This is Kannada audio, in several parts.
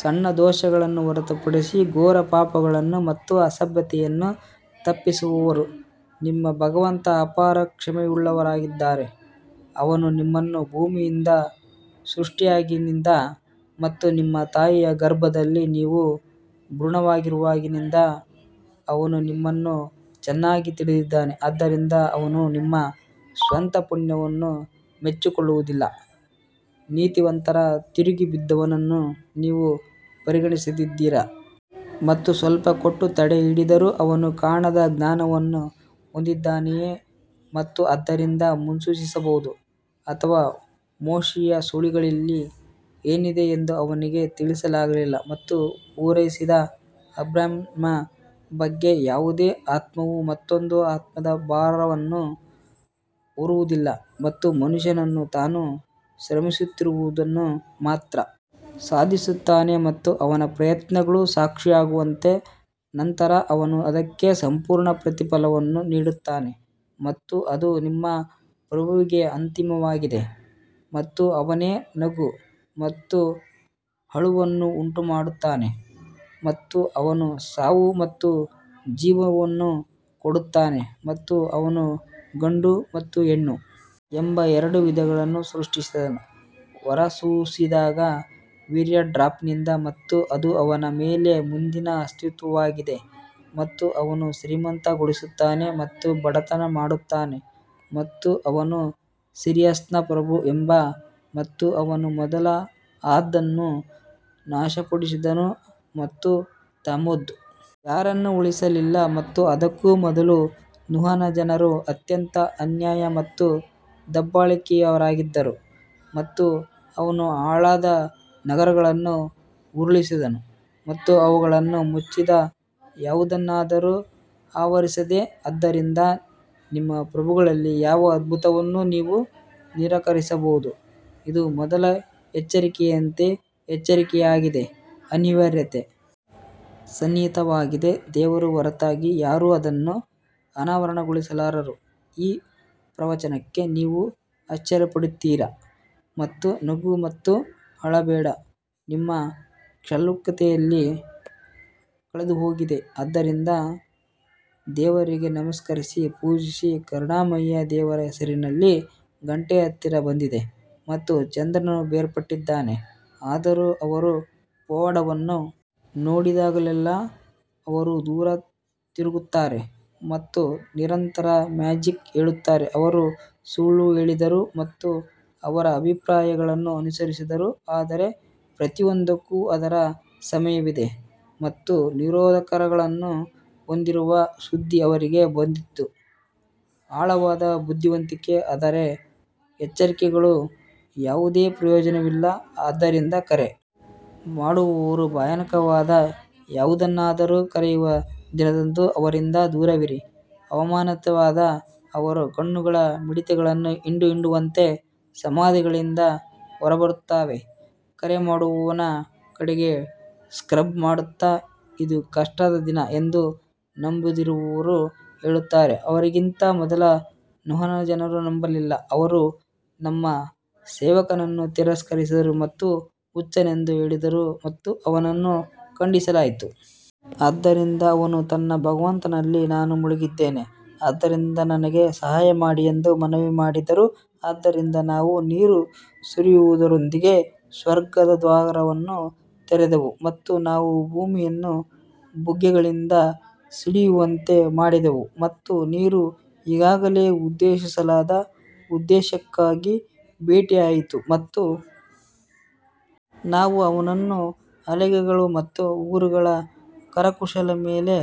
ಸಣ್ಣ ದೋಷಗಳನ್ನು ಹೊರತುಪಡಿಸಿ ಘೋರ ಪಾಪಗಳನ್ನು ಮತ್ತು ಅಸಭ್ಯತೆಯನ್ನು ತಪ್ಪಿಸುವವರು ನಿಮ್ಮ ಭಗವಂತ ಅಪಾರ ಕ್ಷಮೆಯುಳ್ಳವರಾಗಿದ್ದಾರೆ, ಅವನು ನಿಮ್ಮನ್ನು ಭೂಮಿಯಿಂದ ಸೃಷ್ಟಿಸಿದಾಗಿನಿಂದ ಮತ್ತು ನಿಮ್ಮ ತಾಯಿಯ ಗರ್ಭದಲ್ಲಿ ನೀವು ಭ್ರೂಣವಾಗಿರುವಾಗಿನಿಂದ ಅವನು ನಿಮ್ಮನ್ನು ಚೆನ್ನಾಗಿ ತಿಳಿದಿದ್ದಾನೆ ಆದ್ದರಿಂದ ಅವನು ನಿಮ್ಮ ಸ್ವಂತ ಪುಣ್ಯವನ್ನು ಮೆಚ್ಚಿಕೊಳ್ಳುವುದಿಲ್ಲ. ನೀತಿವಂತರ ತಿರುಗಿ ಬಿದ್ದವನನ್ನು ನೀವು ಪರಿಗಣಿಸಿದ್ದೀರಾ? ಮತ್ತು ಸ್ವಲ್ಪ ಕೊಟ್ಟು ತಡೆಹಿಡಿದರು ಅವನು ಕಾಣದ ಜ್ಞಾನವನ್ನು ಹೊಂದಿದ್ದಾನೆಯೇ ಮತ್ತು ಆದ್ದರಿಂದ ಮುನ್ಸೂಚಿಸಬಹುದು ಅಥವಾ ಮೋಶೆಯ ಸುರುಳಿಗಳಲ್ಲಿ ಏನಿದೆ ಎಂದು ಅವನಿಗೆ ತಿಳಿಸಲಾಗಿಲ್ಲ ಮತ್ತು ಪೂರೈಸಿದ ಅಬ್ರಹಾಮನ ಬಗ್ಗೆ ಯಾವುದೇ ಆತ್ಮವು ಮತ್ತೊಂದು ಆತ್ಮದ ಭಾರವನ್ನು ಹೊರುವುದಿಲ್ಲ ಮತ್ತು ಮನುಷ್ಯನು ತಾನು ಶ್ರಮಿಸುತ್ತಿರುವುದನ್ನು ಮಾತ್ರ ಸಾಧಿಸುತ್ತಾನೆ ಮತ್ತು ಅವನ ಪ್ರಯತ್ನಗಳು ಸಾಕ್ಷಿಯಾಗುತ್ತವೆ ನಂತರ ಅವನು ಅದಕ್ಕೆ ಸಂಪೂರ್ಣ ಪ್ರತಿಫಲವನ್ನು ನೀಡುತ್ತಾನೆ ಮತ್ತು ಅದು ನಿಮ್ಮ ಪ್ರಭುವಿಗೆ ಅಂತಿಮವಾಗಿದೆ ಮತ್ತು ಅವನೇ ನಗು ಮತ್ತು ಅಳುವನ್ನು ಉಂಟುಮಾಡುತ್ತಾನೆ ಮತ್ತು ಅವನು ಸಾವು ಮತ್ತು ಜೀವನವನ್ನು ಕೊಡುತ್ತಾನೆ ಮತ್ತು ಅವನು ಗಂಡು ಮತ್ತು ಹೆಣ್ಣು ಎಂಬ ಎರಡು ವಿಧಗಳನ್ನು ಸೃಷ್ಟಿಸಿದನು ಹೊರಸೂಸಿದಾಗ ವೀರ್ಯ ಡ್ರಾಪ್ ನಿಂದ ಮತ್ತು ಅದು ಅವನ ಮೇಲೆ ಮುಂದಿನ ಅಸ್ತಿತ್ವವಾಗಿದೆ ಮತ್ತು ಅವನು ಶ್ರೀಮಂತಗೊಳಿಸುತ್ತಾನೆ ಮತ್ತು ಬಡತನ ಮಾಡುತ್ತಾನೆ ಮತ್ತು ಅವನು ಸಿರಿಯಸ್ನ ಪ್ರಭು ಎಂದು ಮತ್ತು ಅವನು ಮೊದಲ ಆದ್ ಅನ್ನು ನಾಶಪಡಿಸಿದನು ಮತ್ತು ತಮೂದ್ ಯಾರನ್ನೂ ಉಳಿಸಲಿಲ್ಲ ಮತ್ತು ಅದಕ್ಕೂ ಮೊದಲು ನೂಹನ ಜನರು ಅತ್ಯಂತ ಅನ್ಯಾಯ ಮತ್ತು ದಬ್ಬಾಳಿಕೆಯವರಾಗಿದ್ದರು ಮತ್ತು ಅವನು ಹಾಳಾದ ನಗರಗಳನ್ನು ಉರುಳಿಸಿದನು ಮತ್ತು ಅವುಗಳನ್ನು ಮುಚ್ಚಿದ ಯಾವುದನ್ನಾದರೂ ಆವರಿಸಿದೆ ಆದ್ದರಿಂದ ನಿಮ್ಮ ಪ್ರಭುಗಳಲ್ಲಿ ಯಾವ ಅದ್ಭುತವನ್ನು ನೀವು ನಿರಾಕರಿಸಬಹುದು ಇದು ಮೊದಲ ಎಚ್ಚರಿಕೆಯಂತೆಯೇ ಎಚ್ಚರಿಕೆಯಾಗಿದೆ ಅನಿವಾರ್ಯತೆ ಸನ್ನಿಹಿತವಾಗಿದೆ ದೇವರ ಹೊರತಾಗಿ ಯಾರೂ ಅದನ್ನು ಅನಾವರಣಗೊಳಿಸಲಾರರು ಈ ಪ್ರವಚನಕ್ಕೆ ನೀವು ಆಶ್ಚರ್ಯಪಡುತ್ತೀರಾ ಮತ್ತು ನಗು ಮತ್ತು ಅಳಬೇಡ ನಿಮ್ಮ ಕ್ಷುಲ್ಲಕತೆಯಲ್ಲಿ ಕಳೆದುಹೋಗಿದೆ ಆದ್ದರಿಂದ ದೇವರಿಗೆ ನಮಸ್ಕರಿಸಿ ಪೂಜಿಸಿ ಕರುಣಾಮಯಿ ದೇವರ ಹೆಸರಿನಲ್ಲಿ ಗಂಟೆ ಹತ್ತಿರ ಬಂದಿದೆ ಮತ್ತು ಚಂದ್ರನು ಬೇರ್ಪಟ್ಟಿದ್ದಾನೆ ಆದರೂ ಅವರು ಪವಾಡವನ್ನು ನೋಡಿದಾಗಲೆಲ್ಲಾ ಅವರು ದೂರ ತಿರುಗುತ್ತಾರೆ ಮತ್ತು ನಿರಂತರ ಮ್ಯಾಜಿಕ್ ಹೇಳುತ್ತಾರೆ ಅವರು ಸುಳ್ಳು ಹೇಳಿದರು ಮತ್ತು ಅವರ ಅಭಿಪ್ರಾಯಗಳನ್ನು ಅನುಸರಿಸಿದರು ಆದರೆ ಪ್ರತಿಯೊಂದಕ್ಕೂ ಅದರ ಸಮಯವಿದೆ ಮತ್ತು ನಿರೋಧಕವನ್ನು ಹೊಂದಿರುವ ಸುದ್ದಿ ಅವರಿಗೆ ಬಂದಿತು ಆಳವಾದ ಬುದ್ಧಿವಂತಿಕೆ ಆದರೆ ಎಚ್ಚರಿಕೆಗಳು ಯಾವುದೇ ಪ್ರಯೋಜನವಿಲ್ಲ ಆದ್ದರಿಂದ ಕರೆ ಮಾಡುವವರು ಭಯಾನಕವಾದ ಯಾವುದನ್ನಾದರೂ ಕರೆಯುವ ದಿನದಂದು ಅವರಿಂದ ದೂರವಿರಿ ಅವಮಾನಿತವಾದ ಅವರ ಕಣ್ಣುಗಳು ಮಿಡತೆಗಳನ್ನು ಹಿಂಡು ಹಿಂಡುವಂತೆ ಸಮಾಧಿಗಳಿಂದ ಹೊರಬರುತ್ತವೆ ಕರೆ ಮಾಡುವವನ ಕಡೆಗೆ ಸ್ಕ್ರಾಂಬ್ ಮಾಡುತ್ತಾ, ಇದು ಕಷ್ಟದ ದಿನ ಎಂದು ನಂಬದಿರುವವರು ಹೇಳುತ್ತಾರೆ ಅವರಿಗಿಂತ ಮೊದಲು ನೋಹನ ಜನರು ನಂಬಲಿಲ್ಲ, ಅವರು ನಮ್ಮ ಸೇವಕನನ್ನು ತಿರಸ್ಕರಿಸಿದರು ಮತ್ತು ಹುಚ್ಚನೆಂದು ಹೇಳಿದರು ಮತ್ತು ಅವನನ್ನು ಖಂಡಿಸಲಾಯಿತು. ಆದ್ದರಿಂದ ಅವನು ತನ್ನ ಭಗವಂತನಲ್ಲಿ ನಾನು ಮುಳುಗಿದ್ದೇನೆ ಆದ್ದರಿಂದ ನನಗೆ ಸಹಾಯ ಮಾಡಿ ಎಂದು ಮನವಿ ಮಾಡಿದರು ಆದ್ದರಿಂದ ನಾವು ನೀರು ಸುರಿಯುವುದರೊಂದಿಗೆ ಸ್ವರ್ಗದ ದ್ವಾರಗಳನ್ನು ತೆರೆದೆವು ಮತ್ತು ನಾವು ಭೂಮಿಯನ್ನು ಬುಗ್ಗೆಗಳಿಂದ ಸಿಡಿಯುವಂತೆ ಮಾಡಿದೆವು ಮತ್ತು ನೀರು ಈಗಾಗಲೇ ಉದ್ದೇಶಿಸಲಾದ ಉದ್ದೇಶಕ್ಕಾಗಿ ಭೇಟಿಯಾಯಿತು ಮತ್ತು ನಾವು ಅವನನ್ನು ಹಲಗೆಗಳು ಮತ್ತು ಉಗುರುಗಳ ಕರಕುಶಲ ಮೇಲೆ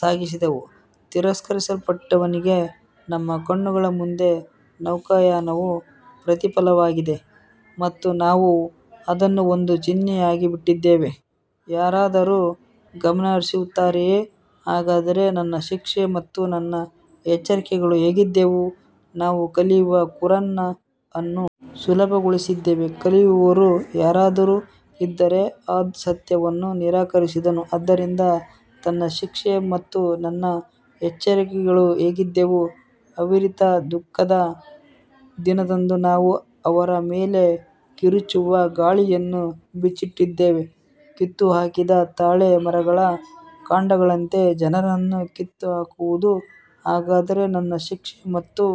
ಸಾಗಿಸಿದೆವು ತಿರಸ್ಕರಿಸಲ್ಪಟ್ಟವನಿಗೆ ನಮ್ಮ ಕಣ್ಣುಗಳ ಮುಂದೆ ನೌಕಾಯಾನವು ಪ್ರತಿಫಲವಾಗಿದೆ ಮತ್ತು ನಾವು ಅದನ್ನು ಒಂದು ಚಿಹ್ನೆಯಾಗಿ ಬಿಟ್ಟಿದ್ದೇವೆ, ಯಾರಾದರೂ ಗಮನಹರಿಸುತ್ತಾರೆಯೇ ಹಾಗಾದರೆ ನನ್ನ ಶಿಕ್ಷೆ ಮತ್ತು ನನ್ನ ಎಚ್ಚರಿಕೆಗಳು ಹೇಗಿದ್ದವು ನಾವು ಕಲಿಯಲು ಕುರಾನ್ ಅನ್ನು ಸುಲಭಗೊಳಿಸಿದ್ದೇವೆ ಕಲಿಯುವವರು ಯಾರಾದರೂ ಇದ್ದಾರೆಯೇ ಆದ್ ಸತ್ಯವನ್ನು ನಿರಾಕರಿಸಿದನು ಆದ್ದರಿಂದ ನನ್ನ ಶಿಕ್ಷೆ ಮತ್ತು ನನ್ನ ಎಚ್ಚರಿಕೆಗಳು ಹೇಗಿದ್ದವು ಅವಿರತ ದುಃಖದ ದಿನದಂದು ನಾವು ಅವರ ಮೇಲೆ ಕಿರುಚುವ ಗಾಳಿಯನ್ನು ಬಿಚ್ಚಿಟ್ಟಿದ್ದೇವೆ ಕಿತ್ತುಹಾಕಿದ ತಾಳೆ ಮರಗಳ ಕಾಂಡಗಳಂತೆ ಜನರನ್ನು ಕಿತ್ತುಹಾಕುವುದು ಹಾಗಾದರೆ ನನ್ನ ಶಿಕ್ಷೆ ಮತ್ತು